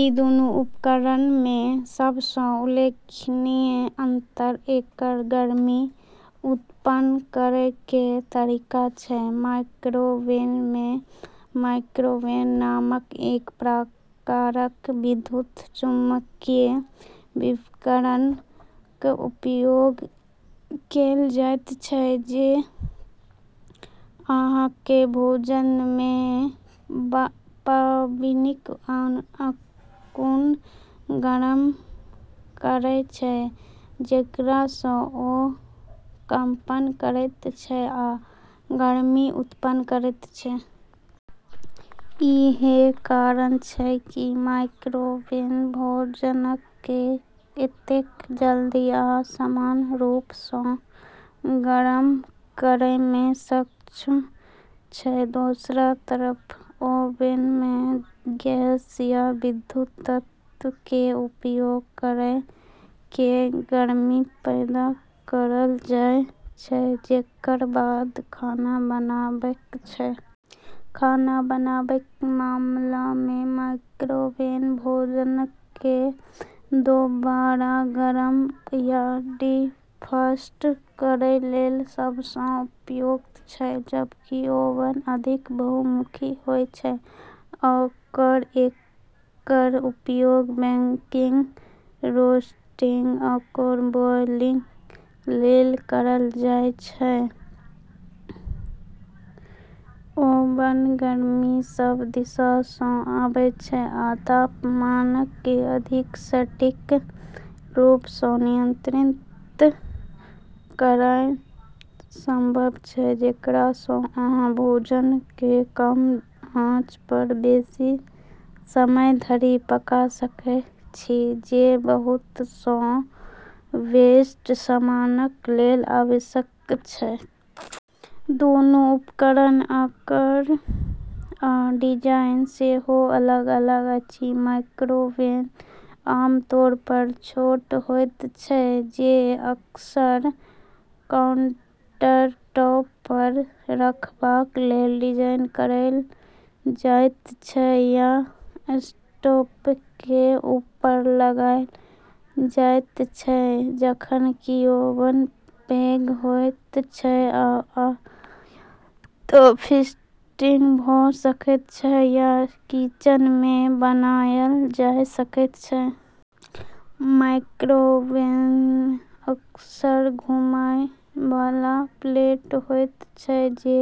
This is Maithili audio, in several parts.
ई दूनू उपकरणमे सबसँ उल्लेखनीय अंतर एकर गर्मी उत्पन्न करैके तरीका छै। माइक्रोवेवमे माइक्रोवेव नामक एक प्रकारक विद्युत चुम्बकीय विकिरणक उपयोग कैल जायत छै, जे अहाँक भोजनमे पानिक अणुक गरम करय छै, जेकरासँ ओ कंपन करैत छै आ गर्मी उत्पन्न करैत छै । इएह कारण छै कि माइक्रोवेव भोजनके एतेक जल्दी आ समान रूपसँ गरम करयमे सक्षम छै । दोसरा तरफ ओवनमे गैस या विद्युत तत्वके उपयोग करिके गर्मी पैदा करल जाय छै, जेकर बाद खाना पकबै छै। खाना बनाबैके मामलामे माइक्रोवेव भोजनके दोबारा गरम या डिफ्रॉस्ट करै लेल सबसँ उपयुक्त छै, जबकि ओवन अधिक बहुमुखी होय छै आओर एकर उपयोग बेकिंग, रोस्टिंग, आओर ब्रॉयलिंग लेल करल जाय सकै छै। ओवनमे गर्मी सब दिशासँ आबै छै, आ तापमानके अधिक सटीक रूपसँ नियंत्रित कयनाइ संभव छै, जेकरासँ अहाँ भोजनके कम आँच पर बेसि समय धरि पका सकय छी, जे बहुतसँ बेक्ड सामानक लेल आवश्यक छै । दुनू उपकरणक आकार आ डिजाइन सेहो अलग-अलग अछि। माइक्रोवेव आमतौर पर छोट होयत छै, जे अक्सर काउंटरटॉप पर रखबाक लेल डिजाइन कैल जायत छै या स्टोवकेँ ऊपर लगाएल जाइत छै, जखन कि ओवन पैघ होयत छै आ या त' फ्रीस्टैंडिंग भ' सकैत छै या किचनमे बनायल जा सकैत छै । माइक्रोवेवमे अक्सर घूमएयबला प्लेट होयत छै जे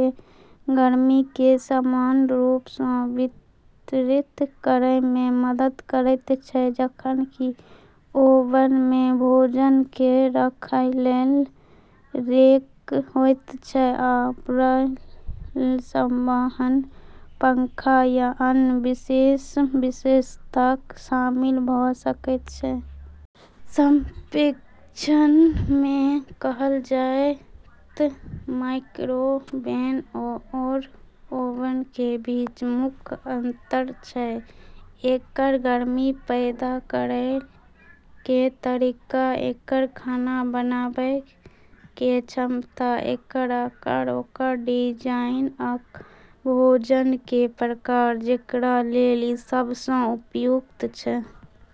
गर्मीके समान रूपसँ वितरित करयमे मदद करैत छै, जखन कि ओवनमे भोजनके राखैके लेल रैक होयत छै आ ब्रायलर, संवहन पंखा या अन्य विशेष विशेषताक शामिल भ' सकै छै। संक्षेपमे कहल जाय त' माइक्रोवेव आओर ओवनकेँ बीच मुख्य अंतर छै एकर गर्मी पैदा करैके तरीका, एकर खाना बनबैके क्षमता, एकर आकार आओर डिजाइन, आओर भोजनके प्रकार जेकरा लेल ई सबसँ उपयुक्त छै।